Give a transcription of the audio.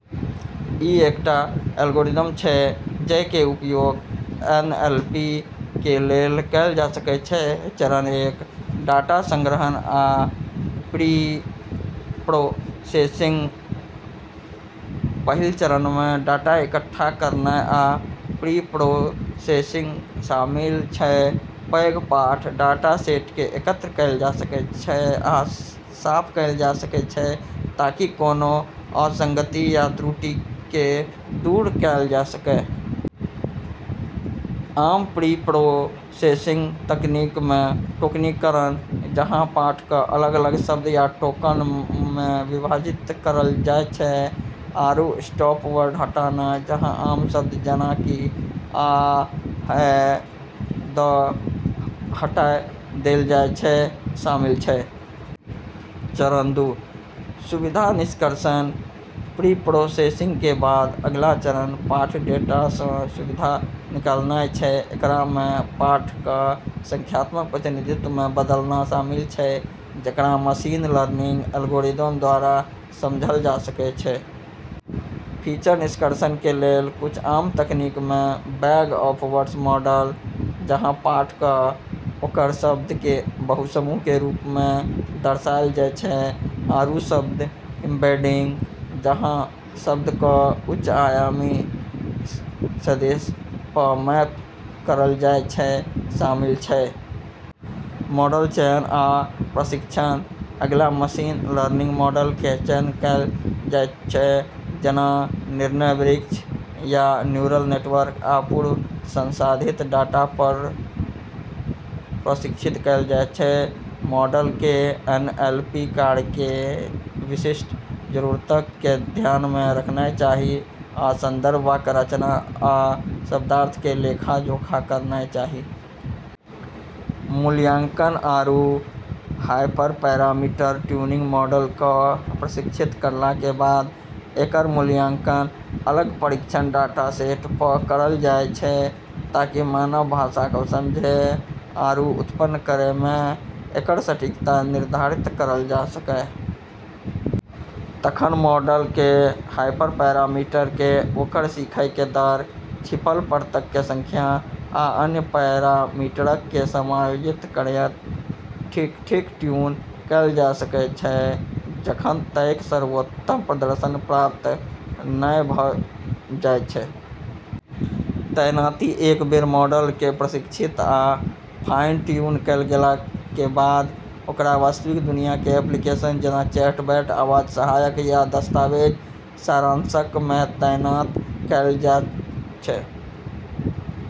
इ एकटा एल्गोरिदम छै जइ के उपयोग एनएलपी के लेल कैल जा सकय छै: चरण एक: डाटा संग्रहण आ प्रीप्रोसेसिंग पहिल चरण मे डाटा इकट्ठा करनाय आ प्रीप्रोसेसिंग शामिल छै। पैघ पाठ डाटासेट के एकत्र कैल जायत छै आ साफ कैल जायत छै, ताकि कोनों असंगति या त्रुटि के दूर कैल जा सकय। आम प्रीप्रोसेसिंग तकनीक मे टोकनीकरण, जहाँ पाठ क अलग-अलग शब्द या टोकन मे विभाजित करल जाय छै, आरू स्टॉप-वर्ड हटाना, जहाँ आम शब्द जैना कि 'आ', 'है', 'द' हटाय देल जाय छै, शामिल छै। चरण दू: सुविधा निष्कर्षण प्रीप्रोसेसिंग के बाद, अगिला चरण पाठ डेटा सं सुविधा निकालनाय छै। एकरा मे पाठ क संख्यात्मक प्रतिनिधित्व मे बदलना शामिल छै जेकरा मशीन लर्निंग एल्गोरिदम द्वारा समझल जा सकै छै। फीचर निष्कर्षण के लेल कुछ आम तकनीक मे बैग-ऑफ-वर्ड्स मॉडल, जहाँ पाठ क ओकर शब्द के बहुसमूह के रूप मे दर्शायल जाय छै, आरू शब्द एम्बेडिंग, जहाँ शब्द क उच्च-आयामी सदिश प मैप करल जाय छै, शामिल छै। मॉडल चयन आ प्रशिक्षण अगिला, मशीन लर्निंग मॉडल के चयन कैल जैत छै, जेना निर्णय वृक्ष, या न्यूरल नेटवर्क, आ पूर्व संसाधित डाटा पर प्रशिक्षित कैल जैत छै। मॉडल के एनएलपी कार्य के विशिष्ट जरूरतक के ध्यान मे रखनाय चाही, आ संदर्भ, वाक्य रचना, आ शब्दार्थ के लेखा-जोखा करनाय चाही। मूल्यांकन आरू हाइपरपैरामीटर ट्यूनिंग मॉडल क प्रशिक्षित करला के बाद एकर मूल्यांकन अलग परीक्षण डाटासेट प करल जाय छै ताकि मानव भाषा क समझै आरू उत्पन्न करै मे एकर सटीकता निर्धारित करल जा सक। तखन मॉडल के हाइपरपैरामीटर के ओकर सीखय के दर, छिपल परतक के संख्या, आ अन्य पैरामीटरक के समायोजित करयत ठीक-ठीक ट्यून कैल जायत छै, जखन तइक सर्वोत्तम प्रदर्शन प्राप्त नहि भ जायत छै। तैनाती एक बेर मॉडल के प्रशिक्षित आ फाइन-ट्यून कैल गेलाक के बाद, ओकरा वास्तविक दुनिया के एप्लीकेशन जेना चैटबॉट, आवाज सहायक, या दस्तावेज सारांशक मे तैनात कैल जायत छै।